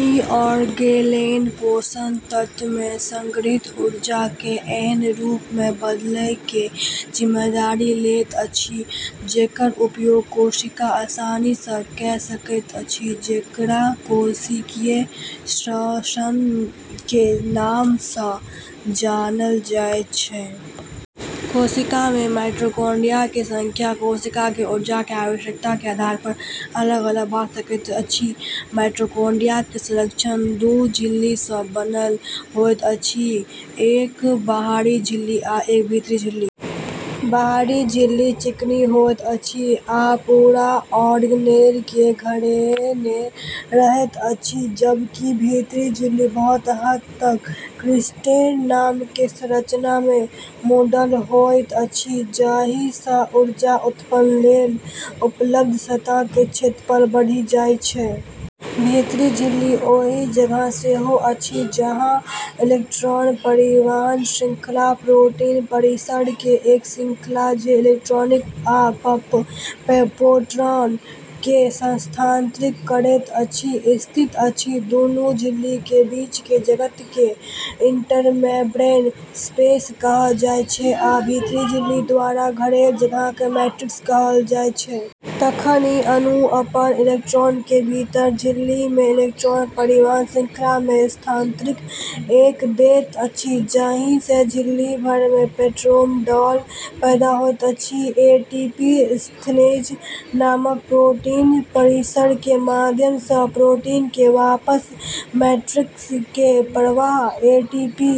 ई organelle पोषक तत्व मे संग्रहित ऊर्जा के एनह रूप मे बदलय के जिम्मेदारी लैत अछि जेकर उपयोग कोशिका आसानी सँ कए सकैत अछि, जेकरा कोशिकीय श्वसन के नाम सँ जानल जाय छै। कोशिका मे माइटोकॉन्ड्रिया के संख्या कोशिका के ऊर्जा के आवश्यकता के आधार पर अलग-अलग भ' सकैत अछि। माइटोकॉन्ड्रिया के संरचना दू झिल्ली सँ बनल होइत अछि: एक बाहरी झिल्ली आ एक भीतरी झिल्ली। बाहरी झिल्ली चिकनी होइत अछि आ पूरा ऑर्गेनेल के घेरने रहैत अछि, जबकि भीतरी झिल्ली बहुत हद तक क्रिस्टे नाम के संरचना मे मुड़ल होइत अछि, जाहि सँ ऊर्जा उत्पादन लेल उपलब्ध सतह के क्षेत्रफल बढ़ि जाय छै। भीतरी झिल्ली ओहि जगह सेहो अछि जहाँ इलेक्ट्रॉन परिवहन श्रृंखला, प्रोटीन परिसर के एक श्रृंखला जे इलेक्ट्रॉन आ पंप प्रोटॉन के स्थानांतरित करैत अछि, स्थित अछि। दुनू झिल्ली के बीच के जगह के इंटरमेम्ब्रेन स्पेस कहल जाय छै, आ भीतरी झिल्ली द्वारा घेरल जगह के मैट्रिक्स कहल जाय छै। तखन ई अणु अपन इलेक्ट्रॉन के भीतरी झिल्ली मे इलेक्ट्रॉन परिवहन श्रृंखला मे स्थानांतरित कए दैत अछि, जाहि सँ झिल्ली भर मे प्रोटॉन ढाल पैदा होइत अछि। एटीपी सिन्थेज नामक प्रोटीन परिसर के माध्यम सँ प्रोटॉन के वापस मैट्रिक्स मे प्रवाह एटीपी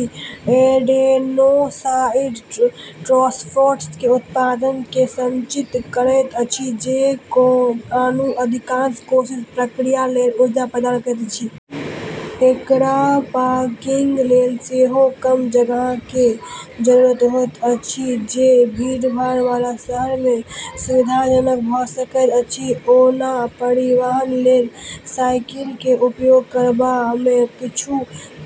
एडेनोसाइन ट्राइफॉस्फेट के उत्पादन के संचालित करैत अछि, जे अणु अधिकांश कोशिकीय प्रक्रिया लेल ऊर्जा प्रदान करैत अछि। एकरा पार्किंग लेल सेहो कम जगह के जरूरत होइत अछि, जे भीड़भाड़ वाला शहर मे सुविधाजनक भ' सकैत अछि। ओना परिवहन लेल साइकिल के उपयोग करबा मे किछु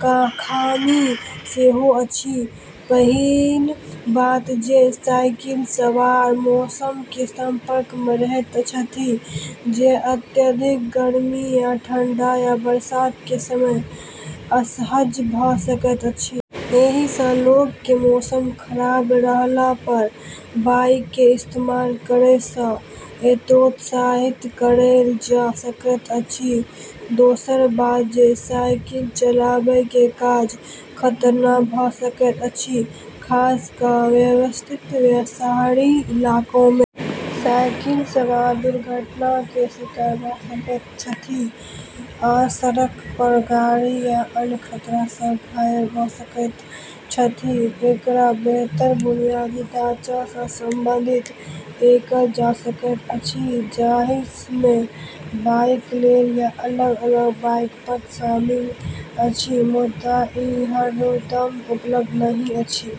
खामी सेहो अछि। पहिल बात जे साइकिल सवार मौसम के संपर्क मे रहैत छथि, जे अत्यधिक गर्मी या ठंडा, या बरसात के समय असहज भ' सकैत अछि। एहि सँ लोक के मौसम खराब रहला पर बाइक के इस्तेमाल करय सँ हतोत्साहित कएल जा सकैत अछि। दोसर बात जे साइकिल चलाबय के काज खतरनाक भ' सकैत अछि, खास क' व्यस्त शहरी इलाका मे। साइकिल सवार दुर्घटना के शिकार भ' सकैत छथि, आ सड़क पर गाड़ी या अन्य खतरा सँ घायल भ' सकैत छथि। एकरा बेहतर बुनियादी ढाँचा सँ संबोधित कएल जा सकैत अछि, जाहि मे बाइक लेन या अलग-अलग बाइक पथ शामिल अछि, मुदा ई हरदम उपलब्ध नहि अछि।